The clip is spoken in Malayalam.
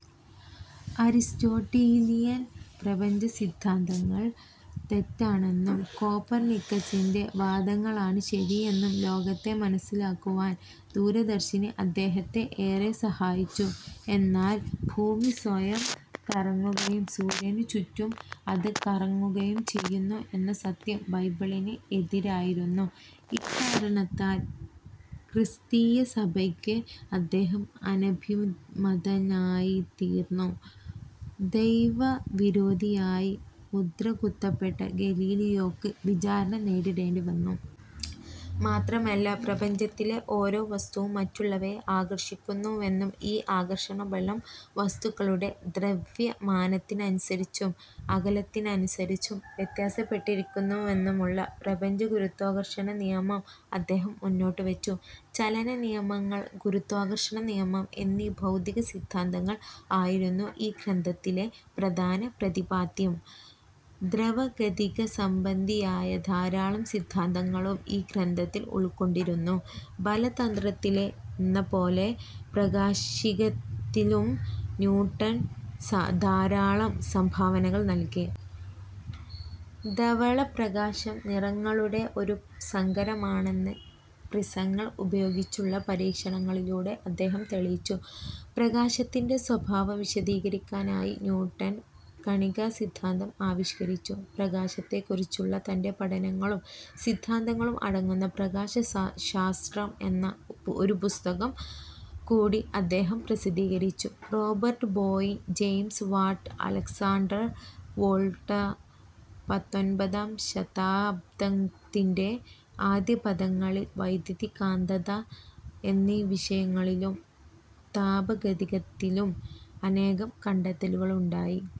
അരിസ്റ്റോട്ടീലിയൻ പ്രപഞ്ചസിദ്ധാന്തങ്ങൾ തെറ്റാണെന്നും കോപ്പർനിക്കസിന്റെ വാദങ്ങളാണ് ശരിയെന്നും ലോകത്തെ മനസ്സിലാക്കുവാൻ ദൂരദർശിനി അദ്ദേഹത്തെ ഏറെ സഹായിച്ചു. എന്നാൽ ഭൂമി സ്വയം കറങ്ങുകയും സൂര്യനുചുറ്റും അത് കറങ്ങുകയും ചെയ്യുന്നു എന്ന സത്യം ബൈബിളിന് എതിരായിരുന്നു. ഇക്കാരണത്താൽ ക്രിസ്തീയസഭയ്ക്ക് അദ്ദേഹം അനഭിമതനായിത്തീർന്നു. ദൈവവിരോധിയായി മുദ്രകുത്തപ്പെട്ട ഗലീലിയോയ്ക്ക് വിചാരണ നേരിടേണ്ടിവന്നു. മാത്രമല്ല, പ്രപഞ്ചത്തിലെ ഓരോവസ്തുവും മറ്റുള്ളവയെ ആകർഷിക്കുന്നുവെന്നും ഈ ആകർഷണബലം വസ്തുക്കളുടെ ദ്രവ്യമാനത്തിനനുസരിച്ചും അകലത്തിനനുസരിച്ചും വ്യത്യാസപ്പെട്ടിരിക്കുന്നുവെന്നുമുള്ള പ്രപഞ്ചഗുരുത്വാകർഷണനിയമം അദ്ദേഹം മുന്നോട്ടുവച്ചു. ചലനനിയമങ്ങൾ, ഗുരുത്വാകർഷണനിയമം എന്നീ ഭൗതികസിദ്ധാന്തങ്ങൾ ആയിരുന്നു ഈ ഗ്രന്ഥത്തിലെ പ്രധാന പ്രതിപാദ്യം. ദ്രവഗതികസംബന്ധിയായ ധാരാളം സിദ്ധാന്തങ്ങളും ഈ ഗ്രന്ഥത്തിൽ ഉൾക്കൊണ്ടിരുന്നു. ബലതന്ത്രത്തിലെന്നപോലെ പ്രകാശികത്തിലും ന്യൂട്ടൻ ധാരാളം സംഭാവനകൾ നൽകി. ധവളപ്രകാശം നിറങ്ങളുടെ ഒരു സങ്കരമാണെന്ന് പ്രിസങ്ങൾ ഉപയോഗിച്ചുള്ള പരീക്ഷണങ്ങളിലൂടെ അദ്ദേഹം തെളിയിച്ചു. പ്രകാശത്തിന്റെ സ്വഭാവം വിശദീകരിക്കാനായി ന്യൂട്ടൻ കണികാസിദ്ധാന്തം ആവിഷ്കരിച്ചു. പ്രകാശത്തെക്കുറിച്ചുള്ള തന്റെ പഠനങ്ങളും സിദ്ധാന്തങ്ങളും അടങ്ങുന്ന പ്രകാശശാസ്ത്രം എന്ന ഒരു പുസ്തകം കൂടി അദ്ദേഹം പ്രസിദ്ധീകരിച്ചു. Robert Boyle James Watt Alexander Volta പത്തൊൻപതാം ശതാബ്ദത്തിന്റെ ആദ്യപാദങ്ങളിൽ വൈദ്യുതി-കാന്തത എന്നീവിഷയങ്ങളിലും താപഗതികത്തിലും അനേകം കണ്ടെത്തലുകളുണ്ടായി.